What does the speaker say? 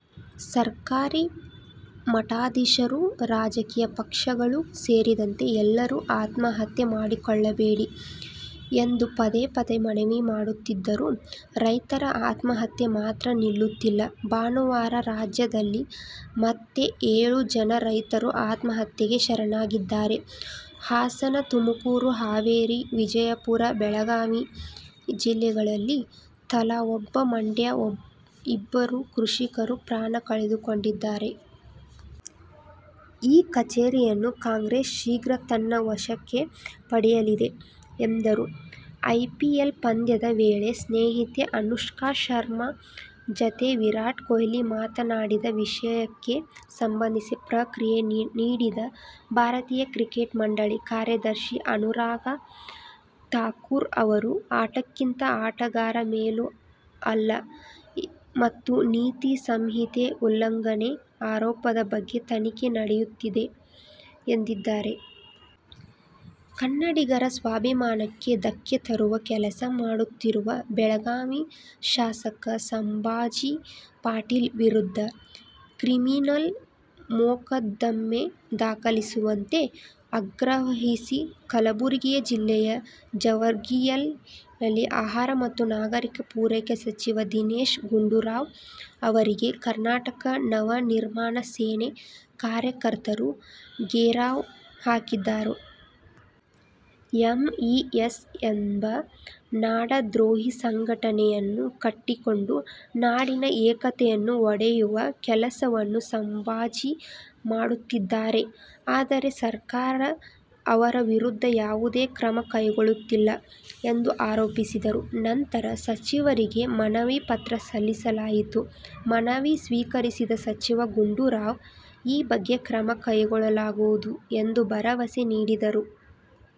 ಸರ್ಕಾರ, ಮಠಾಧೀಶರು, ರಾಜಕೀಯ ಪಕ್ಷಗಳು ಸೇರಿದಂತೆ ಎಲ್ಲರೂ ಆತ್ಮಹತ್ಯೆ ಮಾಡಿಕೊಳ್ಳಬೇಡಿ ಎಂದು ಪದೇ ಪದೇ ಮನವಿ ಮಾಡುತ್ತಿದ್ದರೂ ರೈತರ ಆತ್ಮಹತ್ಯೆ ಮಾತ್ರ ನಿಲ್ಲುತ್ತಿಲ್ಲ. ಭಾನುವಾರ ರಾಜ್ಯದಲ್ಲಿ ಮತ್ತೆ ಏಳು ಜನ ರೈತರು ಆತ್ಮಹತ್ಯೆಗೆ ಶರಣಾಗಿದ್ದಾರೆ. ಹಾಸನ, ತುಮಕೂರು, ಹಾವೇರಿ, ವಿಜಯಪುರ, ಬೆಳಗಾವಿ ಜಿಲ್ಲೆಗಳಲ್ಲಿ ತಲಾ ಒಬ್ಬ, ಮಂಡ್ಯ ಇಬ್ಬರು ಕೃಷಿಕರು ಪ್ರಾಣ ಕಳೆದುಕೊಂಡಿದ್ದಾರೆ. ಈ ಕಚೇರಿಯನ್ನೂ ಕಾಂಗ್ರೆಸ್ ಶೀಘ್ರ ತನ್ನ ವಶಕ್ಕೆ ಪಡೆಯಲಿದೆ ಎಂದರು. ಐಪಿಎಲ್ ಪಂದ್ಯದ ವೇಳೆ ಸ್ನೇಹಿತೆ ಅನುಷ್ಕಾ ಶರ್ಮ ಜತೆ ವಿರಾಟ್ ಕೊಹ್ಲಿ ಮಾತನಾಡಿದ ವಿಷಯಕ್ಕೆ ಸಂಬಂಧಿಸಿ ಪ್ರತಿಕ್ರಿಯೆ ನೀಡಿದ ಭಾರತೀಯ ಕ್ರಿಕೆಟ್ ಮಂಡಳಿ ಕಾರ್ಯದರ್ಶಿ ಅನುರಾಗ್ ಥಾಕುರ್ ಅವರು ಆಟಕ್ಕಿಂತ ಆಟಗಾರ ಮೇಲು ಅಲ್ಲ ಮತ್ತು ನೀತಿ ಸಂಹಿತೆ ಉಲ್ಲಂಘನೆ ಆರೋಪದ ಬಗ್ಗೆ ತನಿಖೆ ನಡೆಯುತ್ತಿದೆ ಎಂದಿದ್ದಾರೆ. ಕನ್ನಡಿಗರ ಸ್ವಾಭಿಮಾನಕ್ಕೆ ಧಕ್ಕೆ ತರುವ ಕೆಲಸ ಮಾಡುತ್ತಿರುವ ಬೆಳಗಾವಿ ಶಾಸಕ ಸಂಭಾಜಿ ಪಾಟೀಲ ವಿರುದ್ಧ ಕ್ರಿಮಿನಲ್ ಮೊಕದ್ದಮೆ ದಾಖಲಿಸುವಂತೆ ಆಗ್ರಹಿಸಿ ಕಲಬುರಗಿ ಜಿಲ್ಲೆಯ ಜೇವರ್ಗಿಯಲ್ಲಿ ಆಹಾರ ಮತ್ತು ನಾಗರಿಕ ಪೂರೈಕೆ ಸಚಿವ ದಿನೇಶ ಗುಂಡೂರಾವ್ ಅವರಿಗೆ ಕರ್ನಾಟಕ ನವ ನಿರ್ಮಾಣ ಸೇನೆ ಕಾರ್ಯಕರ್ತರು ಘೇರಾವ್ ಹಾಕಿದರು. ಎಂಇಎಸ್ ಎಂಬ ನಾಡದ್ರೋಹಿ ಸಂಘಟನೆಯನ್ನು ಕಟ್ಟಿಕೊಂಡು ನಾಡಿನ ಏಕತೆಯನ್ನು ಒಡೆಯುವ ಕೆಲಸವನ್ನು ಸಂಭಾಜಿ ಮಾಡುತ್ತಿದ್ದಾರೆ. ಆದರೆ ಸರ್ಕಾರ ಅವರ ವಿರುದ್ಧ ಯಾವುದೇ ಕ್ರಮ ಕೈಗೊಳ್ಳುತ್ತಿಲ್ಲ ಎಂದು ಆರೋಪಿಸಿದರು. ನಂತರ ಸಚಿವರಿಗೆ ಮನವಿ ಪತ್ರ ಸಲ್ಲಿಸಲಾಯಿತು. ಮನವಿ ಸ್ವೀಕರಿಸಿದ ಸಚಿವ ಗುಂಡೂರಾವ್ ಈ ಬಗ್ಗೆ ಕ್ರಮ ಕೈಗೊಳ್ಳಲಾಗುವುದು ಎಂದು ಭರವಸೆ ನೀಡಿದರು.